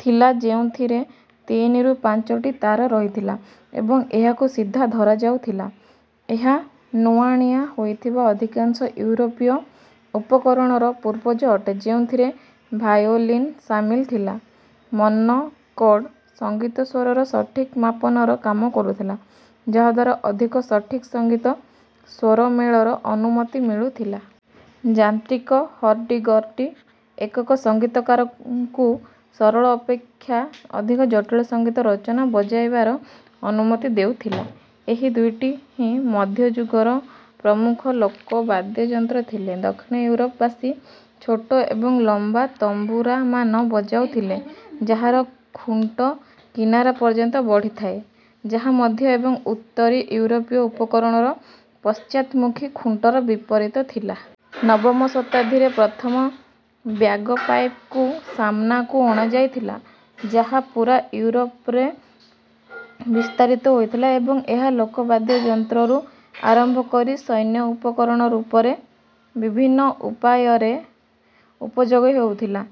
ଥିଲା ଯେଉଁଥିରେ ତିନିରୁ ପାଞ୍ଚଟି ତାର ରହିଥିଲା ଏବଂ ଏହାକୁ ସିଧା ଧରାଯାଉଥିଲା। ଏହା ନୁଆଁଣିଆ ହୋଇଥିବା ଅଧିକାଂଶ ୟୁରୋପୀୟ ଉପକରଣର ପୂର୍ବଜ ଅଟେ, ଯେଉଁଥିରେ ଭାୟୋଲିନ୍ ସାମିଲ ଥିଲା। ମନୋକର୍ଡ, ସଙ୍ଗୀତ ସ୍ୱରର ସଠିକ ମାପନର କାମ କରୁଥିଲା ଯାହାଦ୍ୱାରା ଅଧିକ ସଠିକ ସଙ୍ଗୀତ ସ୍ୱରମେଳର ଅନୁମତି ମିଳୁଥିଲା। ଯାନ୍ତ୍ରିକ ହର୍ଡି-ଗର୍ଡି, ଏକକ ସଙ୍ଗୀତକାରଙ୍କୁ ସରଳ ଅପେକ୍ଷା ଅଧିକ ଜଟିଳ ସଙ୍ଗୀତ ରଚନା ବଜାଇବାର ଅନୁମତି ଦେଉଥିଲା, ଏହି ଦୁଇଟି ହିଁ ମଧ୍ୟଯୁଗର ପ୍ରମୁଖ ଲୋକ ବାଦ୍ୟଯନ୍ତ୍ର ଥିଲେ। ଦକ୍ଷିଣ ୟୁରୋପ ବାସୀ, ଛୋଟ ଏବଂ ଲମ୍ବା ତମ୍ବୁରାମାନ ବଜାଉଥିଲେ ଯାହାର ଖୁଣ୍ଟ କିନାରା ପର୍ଯ୍ୟନ୍ତ ବଢ଼ିଥାଏ, ଯାହା ମଧ୍ୟ ଏବଂ ଉତ୍ତରୀ ୟୁରୋପୀୟ ଉପକରଣର ପଶ୍ଚାତ୍‌ମୁଖୀ ଖୁଣ୍ଟର ବିପରୀତ ଥିଲା। ନବମ ଶତାବ୍ଦୀରେ ପ୍ରଥମ ବ୍ୟାଗପାଇପ୍‌କୁ ସାମ୍ନାକୁ ଅଣାଯାଇଥିଲା ଯାହା ପୁରା ୟୁରୋପରେ ବିସ୍ତାରିତ ହୋଇଥିଲା ଏବଂ ଏହା ଲୋକ ବାଦ୍ୟଯନ୍ତ୍ରରୁ ଆରମ୍ଭ କରି ସୈନ୍ୟ ଉପକରଣ ରୂପରେ ବିଭିନ୍ନ ଉପାୟରେ ଉପଯୋଗ ହେଉଥିଲା।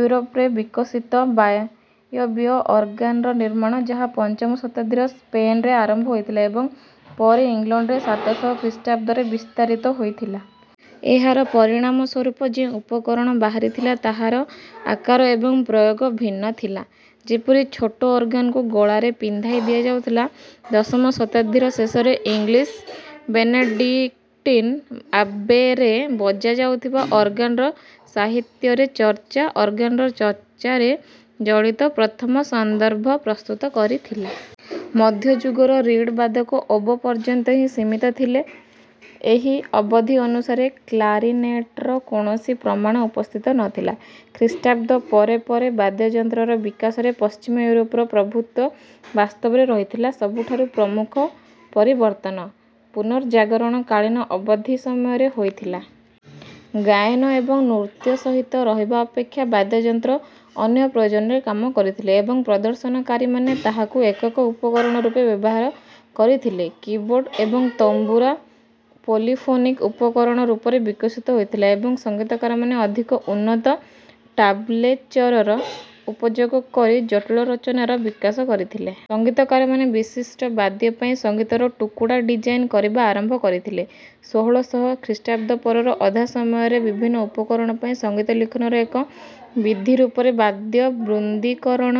ୟୁରୋପରେ ବିକଶିତ ବାୟବୀୟ ଅର୍ଗାନର ନିର୍ମାଣ, ଯାହା ପଞ୍ଚମ ଶତାବ୍ଦୀର ସ୍ପେନ୍‌ରେ ଆରମ୍ଭ ହୋଇଥିଲା ଏବଂ ପରେ ଇଂଲଣ୍ଡରେ ସାତ ଶହ ଖ୍ରୀଷ୍ଟାବ୍ଦରେ ବିସ୍ତାରିତ ହୋଇଥିଲା। ଏହାର ପରିଣାମ ସ୍ୱରୂପ ଯେଉଁ ଉପକରଣ ବାହାରିଥିଲା ତାହାର ଆକାର ଏବଂ ପ୍ରୟୋଗ ଭିନ୍ନ ଥିଲା, ଯେପରି ଛୋଟ ଅର୍ଗାନକୁ ଗଳାରେ ପିନ୍ଧାଇ ଦିଆଯାଉଥିଲା। ଦଶମ ଶତାବ୍ଦୀର ଶେଷରେ ଇଂଲିଶ ବେନେଡିକ୍ଟିନ୍ ଆବେରେ ବଜାଯାଉଥିବା ଅର୍ଗାନର ସାହିତ୍ୟରେ ଚର୍ଚ୍ଚା, ଅର୍ଗାନର ଚର୍ଚ୍ଚାରେ ଜଡ଼ିତ ପ୍ରଥମ ସନ୍ଦର୍ଭ ପ୍ରସ୍ତୁତ କରିଥିଲା। ମଧ୍ୟଯୁଗର ରୀଡ୍ ବାଦକ, ଓବୋ ପର୍ଯ୍ୟନ୍ତ ହିଁ ସୀମିତ ଥିଲେ, ଏହି ଅବଧି ଅନୁସାରେ କ୍ଲାରିନେଟ୍‌ର କୌଣସି ପ୍ରମାଣ ଉପସ୍ଥିତ ନଥିଲା। ଖ୍ରୀଷ୍ଟାବ୍ଦ ପରେ ପରେ ବାଦ୍ୟଯନ୍ତ୍ରର ବିକାଶରେ ପଶ୍ଚିମ ୟୁରୋପର ପ୍ରଭୁତ୍ୱ ବାସ୍ତବରେ ରହିଥିଲା। ସବୁଠାରୁ ପ୍ରମୁଖ ପରିବର୍ତ୍ତନ ପୁନର୍ଜାଗରଣ କାଳୀନ ଅବଧି ସମୟରେ ହୋଇଥିଲା। ଗାୟନ ଏବଂ ନୃତ୍ୟ ସହିତ ରହିବା ଅପେକ୍ଷା ବାଦ୍ୟଯନ୍ତ୍ର ଅନ୍ୟ ପ୍ରୟୋଜନରେ କାମ କରିଥିଲେ ଏବଂ ପ୍ରଦର୍ଶନକାରୀମାନେ ତାହାକୁ ଏକକ ଉପକରଣ ରୂପେ ବ୍ୟବହାର କରିଥିଲେ। କିବୋର୍ଡ ଏବଂ ତମ୍ବୁରା, ପୋଲିଫୋନିକ୍ ଉପକରଣ ରୂପରେ ବିକଶିତ ହୋଇଥିଲା ଏବଂ ସଙ୍ଗୀତକାରମାନେ ଅଧିକ ଉନ୍ନତ ଟାବଲେଚରର ଉପଯୋଗ କରି ଜଟିଳ ରଚନାର ବିକାଶ କରିଥିଲେ। ସଙ୍ଗୀତକାରମାନେ, ବିଶିଷ୍ଟ ବାଦ୍ୟ ପାଇଁ ସଙ୍ଗୀତର ଟୁକୁଡ଼ା ଡିଜାଇନ କରିବା ଆରମ୍ଭ କରିଥିଲେ। ଷୋହଳ ଶହ ଖ୍ରୀଷ୍ଟାବ୍ଦ ପରର ଅଧା ସମୟରେ, ବିଭିନ୍ନ ଉପକରଣ ପାଇଁ ସଙ୍ଗୀତ ଲିଖନର ଏକ ବିଧି ରୂପରେ ବାଦ୍ୟବୃନ୍ଦୀକରଣ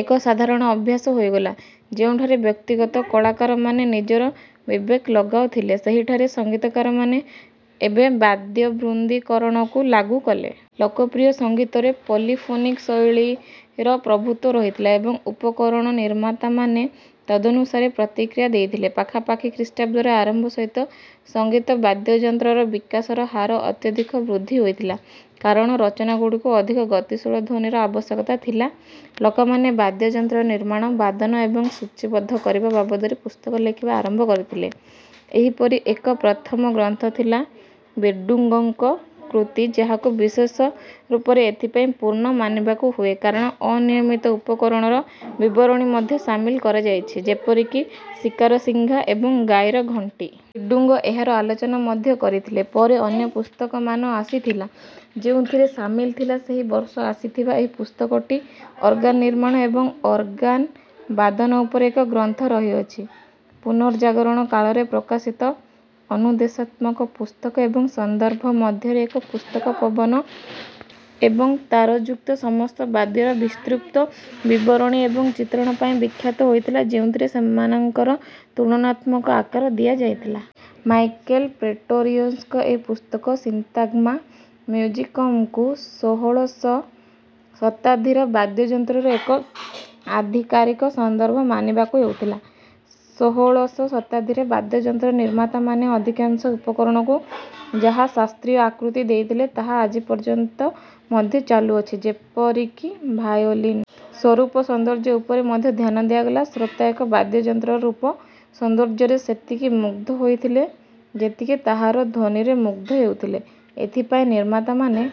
ଏକ ସାଧାରଣ ଅଭ୍ୟାସ ହୋଇଗଲା, ଯେଉଁଠାରେ ବ୍ୟକ୍ତିଗତ କଳାକାରମାନେ ନିଜର ବିବେକ ଲଗାଉଥିଲେ, ସେହିଠାରେ ସଙ୍ଗୀତକାରମାନେ ଏବେ ବାଦ୍ୟବୃନ୍ଦୀକରଣକୁ ଲାଗୁ କଲେ। ଲୋକପ୍ରିୟ ସଙ୍ଗୀତରେ ପୋଲିଫୋନିକ୍ ଶୈଳୀର ପ୍ରଭୁତ୍ୱ ରହିଥିଲା ଏବଂ ଉପକରଣ ନିର୍ମାତାମାନେ ତଦନୁସାରେ ପ୍ରତିକ୍ରିୟା ଦେଇଥିଲେ। ପାଖାପାଖି ଖ୍ରୀଷ୍ଟାବ୍ଦର ଆରମ୍ଭ ସହିତ, ସଙ୍ଗୀତ ବାଦ୍ୟଯନ୍ତ୍ରର ବିକାଶର ହାର ଅତ୍ୟଧିକ ବୃଦ୍ଧି ହୋଇଥିଲା କାରଣ ରଚନାଗୁଡ଼ିକୁ ଅଧିକ ଗତିଶୀଳ ଧ୍ୱନିର ଆବଶ୍ୟକତା ଥିଲା। ଲୋକମାନେ ବାଦ୍ୟଯନ୍ତ୍ର ନିର୍ମାଣ, ବାଦନ ଏବଂ ସୂଚୀବଦ୍ଧ କରିବା ବାବଦରେ ପୁସ୍ତକ ଲେଖିବା ଆରମ୍ଭ କରିଥିଲେ, ଏହିପରି ଏକ ପ୍ରଥମ ଗ୍ରନ୍ଥ ଥିଲା ବିର୍ଡୁଙ୍ଗଙ୍କ କୃତି ଯାହାକୁ ବିଶେଷ ରୂପରେ ଏଥିପାଇଁ ପୂର୍ଣ୍ଣ ମାନିବାକୁ ହୁଏ କାରଣ ଅନିୟମିତ ଉପକରଣର ବିବରଣୀ ମଧ୍ୟ ସାମିଲ କରାଯାଇଛି, ଯେପରି କି ଶିକାର ଶିଙ୍ଘା ଏବଂ ଗାଈର ଘଣ୍ଟି। ବିଡୁଙ୍ଗ ଏହାର ଆଲୋଚନା ମଧ୍ୟ କରିଥିଲେ, ପରେ ଅନ୍ୟ ପୁସ୍ତକମାନ ଆସିଥିଲା ଯେଉଁଥିରେ ସାମିଲ ଥିଲା ସେହି ବର୍ଷ ଆସିଥିବା ଏହି ପୁସ୍ତକଟି ଅର୍ଗାନ ନିର୍ମାଣ ଏବଂ ଅର୍ଗାନ ବାଦନ ଉପରେ ଏକ ଗ୍ରନ୍ଥ ରହିଅଛି। ପୁନର୍ଜାଗରଣ କାଳରେ ପ୍ରକାଶିତ, ଅନୁଦେଶାତ୍ମକ ପୁସ୍ତକ ଏବଂ ସନ୍ଦର୍ଭ ମଧ୍ୟରେ ଏକ ପୁସ୍ତକ ପବନ ଏବଂ ତାରଯୁକ୍ତ ସମସ୍ତ ବାଦ୍ୟର ବିସ୍ତୃତ ବିବରଣୀ ଏବଂ ଚିତ୍ରଣ ପାଇଁ ବିଖ୍ୟାତ ହୋଇଥିଲା ଯେଉଁଥିରେ ସେମାନଙ୍କର ତୁଳନାତ୍ମକ ଆକାର ଦିଆଯାଇଥିଲା। ମାଇକେଲ ପ୍ରେଟୋରିଅସଙ୍କ ଏହି ପୁସ୍ତକ ସିନ୍ତାଗ୍ମା ମ୍ୟୁଜିକମ୍‌କୁ ଷୋହଳଶ ଶତାବ୍ଦୀର ବାଦ୍ୟଯନ୍ତ୍ରର ଏକ ଆଧିକାରିକ ସନ୍ଦର୍ଭ ମାନିବାକୁ ହେଉଥିଲା। ଷୋହଳଶ ଶତାବ୍ଦୀରେ, ବାଦ୍ୟଯନ୍ତ୍ର ନିର୍ମାତାମାନେ ଅଧିକାଂଶ ଉପକରଣକୁ ଯାହା ଶାସ୍ତ୍ରୀୟ ଆକୃତି ଦେଇଥିଲେ, ତାହା ଆଜି ପର୍ଯ୍ୟନ୍ତ ମଧ୍ୟ ଚାଲୁ ଅଛି, ଯେପରି କି ଭାୟୋଲିନ୍। ସ୍ୱରୂପ ସୌନ୍ଦର୍ଯ୍ୟ ଉପରେ ମଧ୍ୟ ଧ୍ୟାନ ଦିଆଗଲା, ଶ୍ରୋତା ଏକ ବାଦ୍ୟଯନ୍ତ୍ରର ରୂପ ସୌନ୍ଦର୍ଯ୍ୟରେ ସେତିକି ମୁଗ୍ଧ ହୋଇଥିଲେ ଯେତିକି ତାହାର ଧ୍ୱନିରେ ମୁଗ୍ଧ ହେଉଥିଲେ। ଏଥିପାଇଁ ନିର୍ମାତାମାନେ